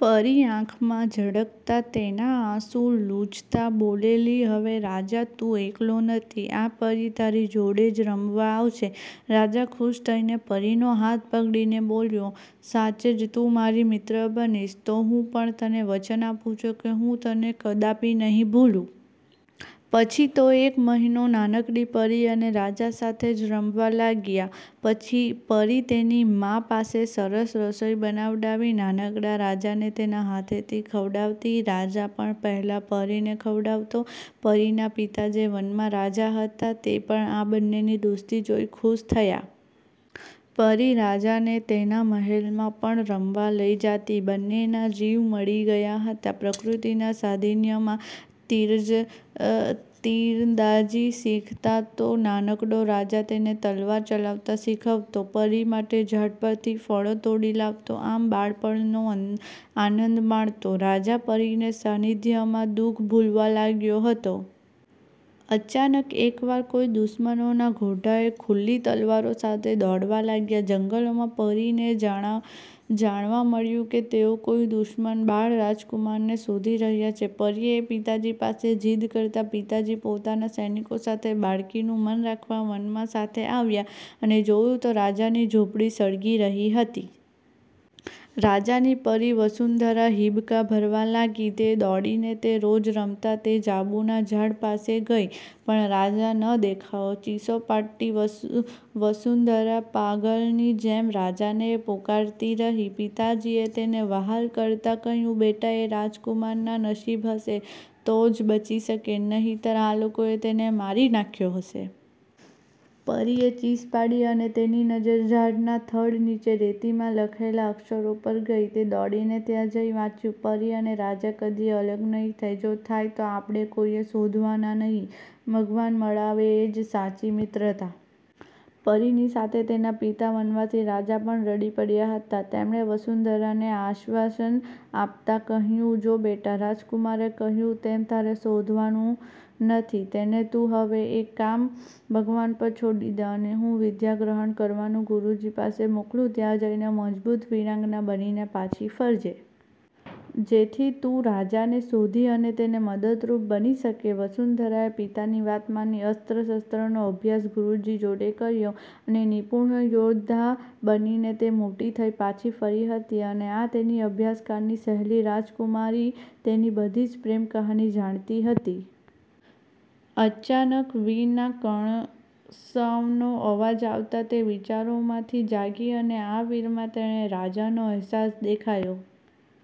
પરી આંખમાં ઝળકતાં તેનાં આંસું લૂછતાં બોલેલી," હવે રાજા તું એકલો નથી, આ પરી તારી જોડે જ રમવા આવશે." રાજા ખુશ થઈને પરીનો હાથ પકડીને બોલ્યો,"સાચે જ તું મારી મિત્ર બનીશ? તો હું પણ તને વચન આપું છું કે હું તને કદાપિ નહીં ભૂલું." પછી તો એક મહિનો નાનકડી પરી અને રાજા સાથે જ રમવા લાગ્યાં. પરી તેની મા પાસે સરસ રસોઈ બનાવડાવી નાનકડાં રાજાને તેનાં હાથેથી ખવડાવતી. રાજા પણ પહેલાં પરીને ખવડાવતો. પરીના પિતા જે વનનાં રાજા હતાં તે પણ આ બંનેની દોસ્તી જોઈ ખુશ થતાં. પરી રાજાને તેનાં મહેલમાં પણ રમવા લઈ જાતી. બંનેનાં જીવ મળી ગયાં હતાં. પ્રકૃતિના સાનિધ્યમાં તીરંદાજી શીખતાં તો નાનકડો રાજા તેને તલવાર ચલાવતા શીખવતો. પરી માટે ઝાડ પરથી ફળો તોડી લાવતો. આમ બાળપણનો આનંદ માણતો રાજા પરીના સાનિધ્યમાં દુખ ભૂલવાં લાગ્યો હતો. અચાનક એકવાર કોઈ દુશ્મનોના ઘોડાઓ ખુલ્લી તલવારો સાથે દોડવા લાગ્યાં જંગલમાં. પરીને જાણવાં મળ્યું કે,"તે કોઈ દુશ્મન બાળ રાજકુમારને શોધી રહ્યાં છે." પરીએ પિતાજી પાસે જીદ કરતાં પિતાજી પોતાનાં સૈનિકો સાથે બાળકીનું મન રાખવાં વનમાં સાથે આવ્યાં અને જોયું તો રાજાની ઝુંપડી સળગી રહી હતી. રાજાની પરી વસુંધરા હીબકાં ભરવા લાગી. તે દોડીને તે રોજ રમતાં તે જાંબુના ઝાડ પાસે ગઈ પણ રાજા ન દેખાયો. ચીસો પાડતી વસુંધરા પાગલની જેમ રાજાને પોકારતી રહી. પિતાજીએ તેને વહાલ કરતાં કહ્યું,"બેટા એ રાજકુમારના નશીબ હશે તો જ બચી શકે નહીતર આ લોકોએ તેને મારી નાખ્યો હશે." પરીએ ચીસ પાડી અને તેની નજ઼ર ઝાડનાં થડ નીચે રેતીમાં લખેલા અક્ષરો પર ગઈ તે દોડીને ત્યાં જઈને વાંચ્યું,"પરી અને રાજા કદીય અલગ નહીં થાય. જો થાશે તો આપડ઼ે કોઈએ શોધવાનાં નહીં, ભગવાન મળાવે એ જ સાચી મિત્રતા." પરીની સાથે તેનાં પિતા વનવાસી રાજા પણ રડી પડ્યાં હતાં. તેમણે વસુંધરાને આશ્વાસન આપતાં કહ્યું,"જો બેટા રાજકુમારે કહ્યું તેમ તારે શોધવાનો નથી તેને. તું હવે એ કામ ભગવાન પર છોડી દે, અને હું વિદ્યા ગ્રહણ કરવા ગુરુજી પાસે મોકલું ત્યાં જઈને મજબૂત વીરાંગના બનીને પાછી ફરજે. જેથી તું રાજાને શોધી અને તેને મદદરૂપ બની શકે." વસુંધરાએ પિતાની વાત માની અસ્ત્ર શસ્ત્રનો અભ્યાસ ગુરુજી જોડે કર્યોં, અને નિપુર્ણ યૌદ્ધા બનીને તે મોટી થઈ પાછી ફરી હતી, અને આ તેની અભ્યાસકાળની સહેલી રાજકુમારી તેની બધી જ પ્રેમ કહાની જાણતી હતી. અચાનક વીરનાં કણસવાનો અવાજ આવતાં તે વિચારોમાંથી જાગી અને આ વીરમાં તેને રાજાનો અહેસાસ દેખાયો.